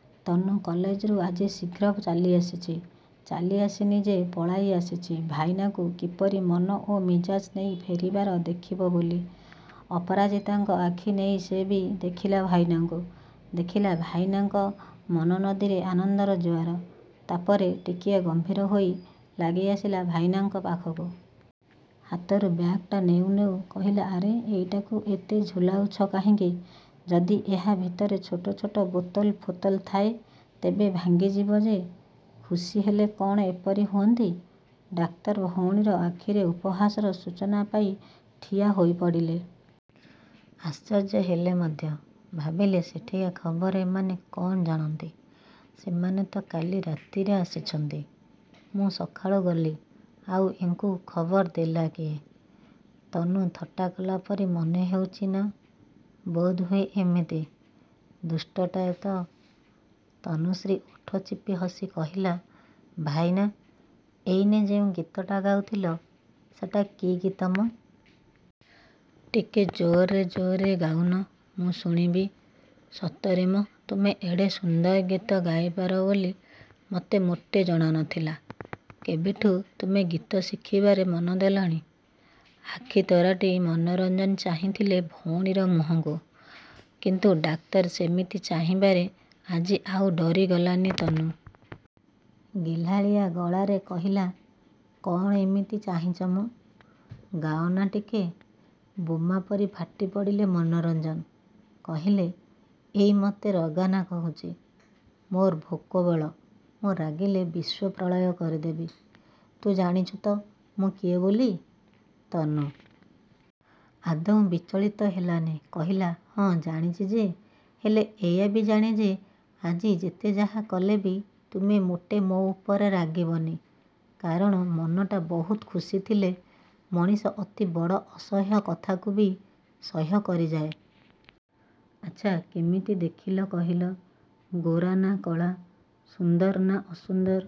: ତନୁ କଲେଜରୁ ଆଜି ଶୀଘ୍ର ଚାଲିଆସିଛି। ଚାଲି ଆସିନି ଯେ, ପଳାଇ ଆସିଛି ଭାଇନାକୁ କିପରି ମନ ଓ ମିଜାଜ ନେଇ ଫେରିବାର ଦେଖିବ ବୋଲି। ଅପରାଜିତାଙ୍କ ଆଖି ନେଇ ସେ ବି ଦେଖିଲା ଭାଇନାଙ୍କୁ। ଦେଖିଲା ଭାଇନାଙ୍କ ମନନଦୀରେ ଆନନ୍ଦର ଜୁଆର। ତାପରେ, ଟିକିଏ ଗମ୍ଭୀର ହୋଇ ଲାଗିଆସିଲା ଭାଇନାଙ୍କ ପାଖକୁ। ହାତରୁ ବ୍ୟାଗଟା ନେଉ ନେଉ କହିଲା ଆରେ ଏଇଟାକୁ ଏତେ ଝୁଲାଉଛ କାହିଁକି? ଯଦି ଏହା ଭିତରେ ଛୋଟ ଛୋଟ ବୋତଲ ଫୋତଲ ଥାଏ, ତେବେ ଭାଙ୍ଗିଯିବ ଯେ। ଖୁସି ହେଲେ କ'ଣ ଏପରି ହୁଅନ୍ତି? ଡାକ୍ତର ଭଉଣୀର ଆଖିରେ ଉପହାସର ସୂଚନା ପାଇ ଠିଆ ହୋଇପଡ଼ିଲେ। ଆଶ୍ଚର୍ଯ୍ୟ ହେଲେ ମଧ୍ୟ। ଭାବିଲେ ସେଠିକା ଖବର ଏମାନେ କ'ଣ ଜାଣନ୍ତି! ସେମାନେ ତ କାଲି ରାତିରେ ଆସିଛନ୍ତି। ମୁଁ ସକାଳୁ ଗଲି, ଆଉ ଏଙ୍କୁ ଖବର ଦେଲା କିଏ! ତନୁ ଥଟ୍ଟା କଲା ପରି ମନେହେଉଛି ନା, ବୋଧହୁଏ ଏମିତି। ଦୁଷ୍ଟଟାଏ ତ! ତନୁଶ୍ରୀ ଓଠ ଚିପି ହସି କହିଲା ଭାଇନା, ଏଇନେ ଯେଉଁ ଗୀତଟା ଗାଉଥିଲ, ସେଟା କି ଗୀତ ମ? ଟିକେ ଜୋରରେ ଜୋରରେ ଗାଉନ। ମୁଁ ଶୁଣିବି। ସତରେ ମ ତୁମେ ଏଡ଼େ ସୁନ୍ଦର ଗୀତ ଗାଇପାର ବୋଲି ମୋତେ ମୋଟେ ଜଣାନଥିଲା। କେବେଠୁଁ ତୁମେ ଗୀତ ଶିଖିବାରେ ମନଦେଲଣି? ଆଖି ତରାଟି ମନୋରଞ୍ଜନ ଚାହିଁଥିଲେ ଭଉଣୀର ମୁହଁକୁ। କିନ୍ତୁ ଡାକ୍ତର ସେମିତି ଚାହିଁବାରେ ଆଜି ଆଉ ଡରିଗଲାନି ତନୁ। ଗେହ୍ଲାଳିଆ ଗଳାରେ କହିଲା କ'ଣ ଏମିତି ଚାହିଁଛ ମ? ଗାଅନା ଟିକେ। ବୋମା ପରି ଫାଟି ପଡ଼ିଲେ ମନୋରଞ୍ଜନ। କହିଲେ"ଏଇ, ମୋତେ ରଗାନା କହୁଛି। ମୋର ଭୋକ ବେଳ, ମୁଁ ରାଗିଲେ ବିଶ୍ୱ ପ୍ରଳୟ କରିଦେବି। ତୁ ଜାଣିଛୁ ତ ମୁଁ କିଏ ବୋଲି? ତନୁ ଆଦୌ ବିଚଳିତ ହେଲାନି। କହିଲା ହଁ, ଜାଣିଛି ଯେ, ହେଲେ ଏଇଆ ବି ଜାଣେ ଯେ ଆଜି ଯେତେ ଯାହା କଲେବି ତୁମେ ମୋଟେ ମୋ ଉପରେ ରାଗିବନି। କାରଣ, ମନଟା ବହୁତ ଖୁସିଥିଲେ ମଣିଷ ଅତି ବଡ଼ ଅସହ୍ୟ କଥାକୁ ବି ସହ୍ୟ କରିଯାଏ। ଆଚ୍ଛା, କେମିତି ଦେଖିଲ କହିଲ? ଗୋରା ନା କଳା, ସୁନ୍ଦର ନା ଅସୁନ୍ଦର,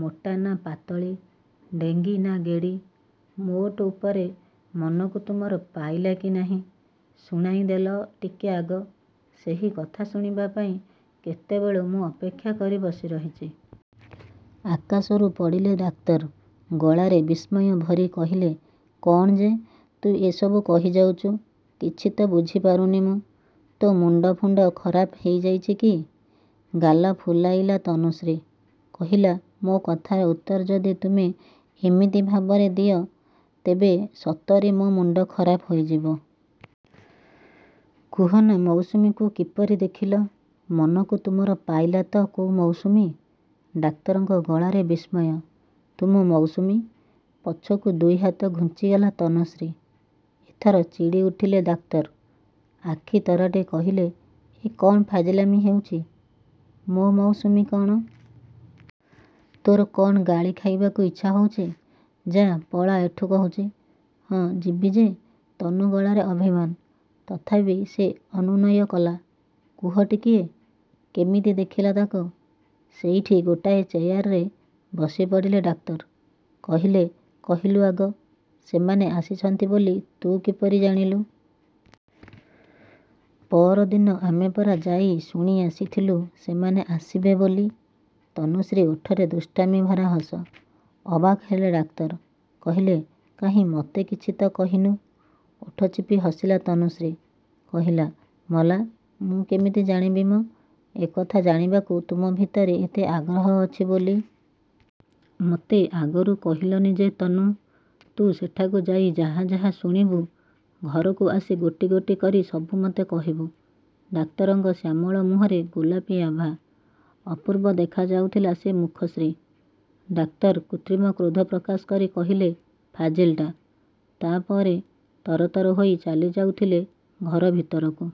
ମୋଟା ନା ପାତଳୀ, ଡେଙ୍ଗୀ ନା ଗେଡ଼ୀ? ମୋଟ ଉପରେ ମନକୁ ତୁମର ପାଇଲା କି ନାହିଁ, ଶୁଣାଇଦେଲ ଟିକେ ଆଗ। ସେହି କଥା ଶୁଣିବା ପାଇଁ କେତେବେଳୁ ମୁଁ ଅପେକ୍ଷା କରି ବସି ରହିଛି। ଆକାଶରୁ ପଡ଼ିଲେ ଡାକ୍ତର। ଗଳାରେ ବିସ୍ମୟ ଭରି କହିଲେ କ'ଣ ଯେ ତୁ ଏସବୁ କହିଯାଉଛୁ, କିଛି ତ ବୁଝିପାରୁନି ମୁଁ। ତୋ ମୁଣ୍ଡ ଫୁଣ୍ଡ ଖରାପ ହୋଇଯାଇଛି କି? ଗାଲ ଫୁଲାଇଲା ତନୁଶ୍ରୀ। କହିଲା ମୋ କଥାର ଉତ୍ତର ଯଦି ତୁମେ ଏମିତି ଭାବରେ ଦିଅ, ତେବେ ସତରେ ମୋ ମୁଣ୍ଡ ଖରାପ ହୋଇଯିବ। କୁହନା, ମୌସୁମୀକୁ କିପରି ଦେଖିଲ? ମନକୁ ତୁମର ପାଇଲା ତ କୋଉ ମୌସୁମୀ? ଡାକ୍ତରଙ୍କ ଗଳାରେ ବିସ୍ମୟ। ତୁମ ମୌସୁମୀ। ପଛକୁ ଦୁଇହାତ ଘୁଞ୍ଚିଗଲା ତନୁଶ୍ରୀ। ଏଥର ଚିଡ଼ି ଉଠିଲେ ଡାକ୍ତର। ଆଖି ତରାଟି କହିଲେ ଏ, କ'ଣ ଫାଜିଲାମି ହଉଛି? ମୋ ମୌସୁମୀ କ'ଣ? ତୋର କ'ଣ ଗାଳି ଖାଇବାକୁ ଇଚ୍ଛା ହଉଛି? ଯା, ପଳା ଏଠୁ କହୁଛି। ହଁ ଯିବି ଯେ ତନୁ ଗଳାରେ ଅଭିମାନ। ତଥାପି ସେ ଅନୁନୟ କଲା, କୁହ ଟିକିଏ, କେମିତି ଦେଖିଲ ତାକୁ। ସେଇଠି ଗୋଟାଏ ଚେୟାରରେ ବସିପଡ଼ିଲେ ଡାକ୍ତର। କହିଲେ, କହିଲୁ ଆଗ, ସେମାନେ ଆସିଛନ୍ତି ବୋଲି ତୁ କିପରି ଜାଣିଲୁ? ପଅରଦିନ ଆମେ ପରା ଯାଇ ଶୁଣି ଆସିଥିଲୁ ସେମାନେ ଆସିବେ ବୋଲି। ତନୁଶ୍ରୀ ଓଠରେ ଦୁଷ୍ଟାମି ଭରା ହସ। ଅବାକ ହେଲେ ଡାକ୍ତର। କହିଲେ କାହିଁ, ମୋତେ କିଛି ତ କହିନୁ? ଓଠ ଚିପି ହସିଲା ତନୁଶ୍ରୀ। କହିଲା ମଲା, ମୁଁ କିମିତି ଜାଣିବି ମ, ଏକଥା ଜାଣିବାକୁ ତୁମ ଭିତରେ ଏତେ ଆଗ୍ରହ ଅଛି ବୋଲି! ମୋତେ ଆଗରୁ କହିଲନି ଯେ 'ତନୁ, ତୁ ସେଠାକୁ ଯାଇ ଯାହା ଯାହା ଶୁଣିବୁ, ଘରକୁ ଆସି ଗୋଟି ଗୋଟି କରି ସବୁ ମୋତେ କହିବୁ। ଡାକ୍ତରଙ୍କ ଶ୍ୟାମଳ ମୁହଁରେ ଗୋଲାପି ଆଭା। ଅପୂର୍ବ ଦେଖାଯାଉଥିଲା ସେ ମୁଖଶ୍ରୀ। ଡାକ୍ତର କୃତ୍ରିମ କ୍ରୋଧ ପ୍ରକାଶ କରି କହିଲେ ଫାଜିଲ୍ଟା। ତା'ପରେ ତରତର ହୋଇ ଚାଲିଯାଉଥିଲେ ଘର ଭିତରକୁ।